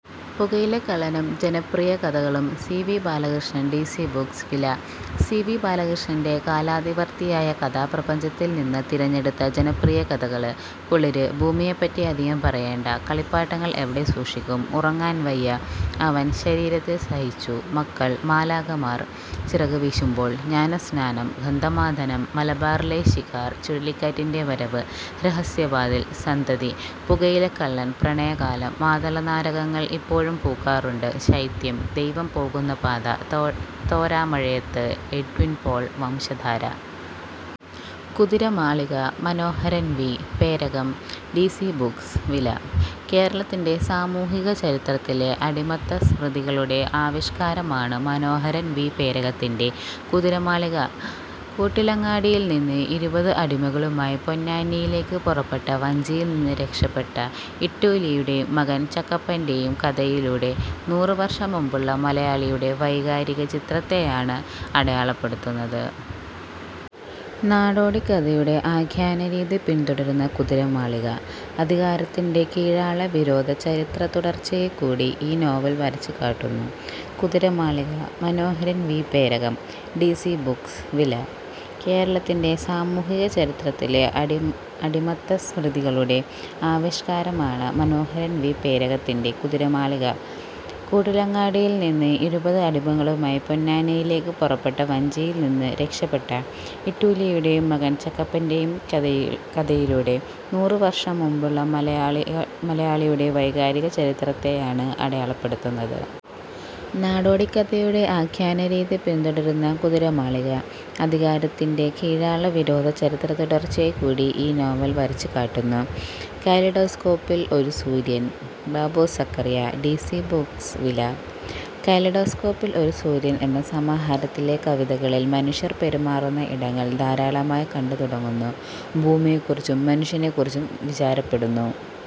പുകയിലക്കള്ളനും ജനപ്രിയകഥകളും C. V. Balakrishnan D C Books വില: C. V. ബാലകൃഷ്ണന്റെ കാലാതിവർത്തിയായ കഥാപ്രപഞ്ചത്തിൽ നിന്ന് തിരഞ്ഞെടുത്ത ജനപ്രിയകഥകള്. കുളിര്, ഭൂമിയെപ്പറ്റി അധികം പറയേണ്ട, കളിപ്പാട്ടങ്ങൾ എവിടെ സൂക്ഷിക്കും, ഉറങ്ങാൻ വയ്യ, അവൻ ശരീരത്തിൽ സഹിച്ചു, മക്കൾ, മാലാഖമാർ ചിറകുവീശുമ്പോൾ, ജ്ഞാനസ്നാനം, ഗന്ധമാദനം, മലബാറിലെ ശിക്കാർ, ചുഴലിക്കാറ്റിൻ്റെ വരവ്, രഹസ്യവാതിൽ, സന്തതി, പുകയിലക്കള്ളൻ, പ്രണയകാലം, മാതളനാരകങ്ങൾ ഇപ്പോഴും പൂക്കാറുണ്ട്, ശൈത്യം, ദൈവം പോകുന്ന പാത, തോരാമഴയത്ത്, Edwin Paul, Vamsadhara. Kuthiramalika Manoharan V. Perakam D C Books വില: കേരളത്തിന്റെ സാമൂഹിക ചരിത്രത്തിലെ അടിമത്തസ്മൃതികളുടെ ആവിഷ്കാരമാണ് മനോഹരൻ വി. പേരകത്തിന്റെ 'കുതിരമാളിക'. കൂട്ടിലങ്ങാടിയിൽനിന്ന് ഇരുപത് അടിമകളുമായി പൊന്നാനിയിലേക്ക് പുറപ്പെട്ട വഞ്ചിയിൽനിന്ന് രക്ഷപ്പെട്ട ഇട്ടൂലിയുടെയും മകൻ ചക്കപ്പൻ്റെയും കഥയിലൂടെ, നൂറു വർഷം മുമ്പുള്ള മലയാളിയുടെ വൈകാരിക ചരിത്രത്തെയാണ് അടയാളപ്പെടുത്തുന്നത്. നാടോടിക്കഥയുടെ ആഖ്യാനരീതി പിന്തുടരുന്ന 'കുതിരമാളിക', അധികാരത്തിന്റെ കീഴാളവിരോധ ചരിത്രത്തുടർച്ചയെക്കൂടി ഈ നോവൽ വരച്ചുകാട്ടുന്നു. Kuthiramalika Manoharan V. Perakam D C Books വില: കേരളത്തിന്റെ സാമൂഹിക ചരിത്രത്തിലെ അടിമത്തസ്മൃതികളുടെ ആവിഷ്കാരമാണ് മനോഹരൻ വി. പേരകത്തിന്റെ 'കുതിരമാളിക'. കൂട്ടിലങ്ങാടിയിൽനിന്ന് ഇരുപത് അടിമകളുമായി പൊന്നാനിയിലേക്ക് പുറപ്പെട്ട വഞ്ചിയിൽനിന്ന് രക്ഷപ്പെട്ട ഇട്ടൂലിയുടെയും മകൻ ചക്കപ്പൻ്റെയും കഥയിലൂടെ, നൂറു വർഷം മുമ്പുള്ള മലയാളിയുടെ വൈകാരിക ചരിത്രത്തെയാണ് അടയാളപ്പെടുത്തുന്നത്. നാടോടിക്കഥയുടെ ആഖ്യാനരീതി പിന്തുടരുന്ന 'കുതിരമാളിക', അധികാരത്തിന്റെ കീഴാളവിരോധ ചരിത്രത്തുടർച്ചയെക്കൂടി ഈ നോവൽ വരച്ചുകാട്ടുന്നു. കാലിഡോസ്കോപ്പിൽ ഒരു സൂര്യൻ Babu Zacharia D C Books വില: ''കാലിഡോസ്കോപ്പിൽ ഒരു സൂര്യൻ എന്ന സമാഹാരത്തിലെ കവിതകളിൽ മനുഷ്യർ പെരുമാറുന്ന ഇടങ്ങൾ ധാരാളമായി കണ്ടുതുടങ്ങുന്നു. ഭൂമിയെക്കുറിച്ചും മനുഷ്യനെക്കുറിച്ചും വിചാരപ്പെടുന്നു.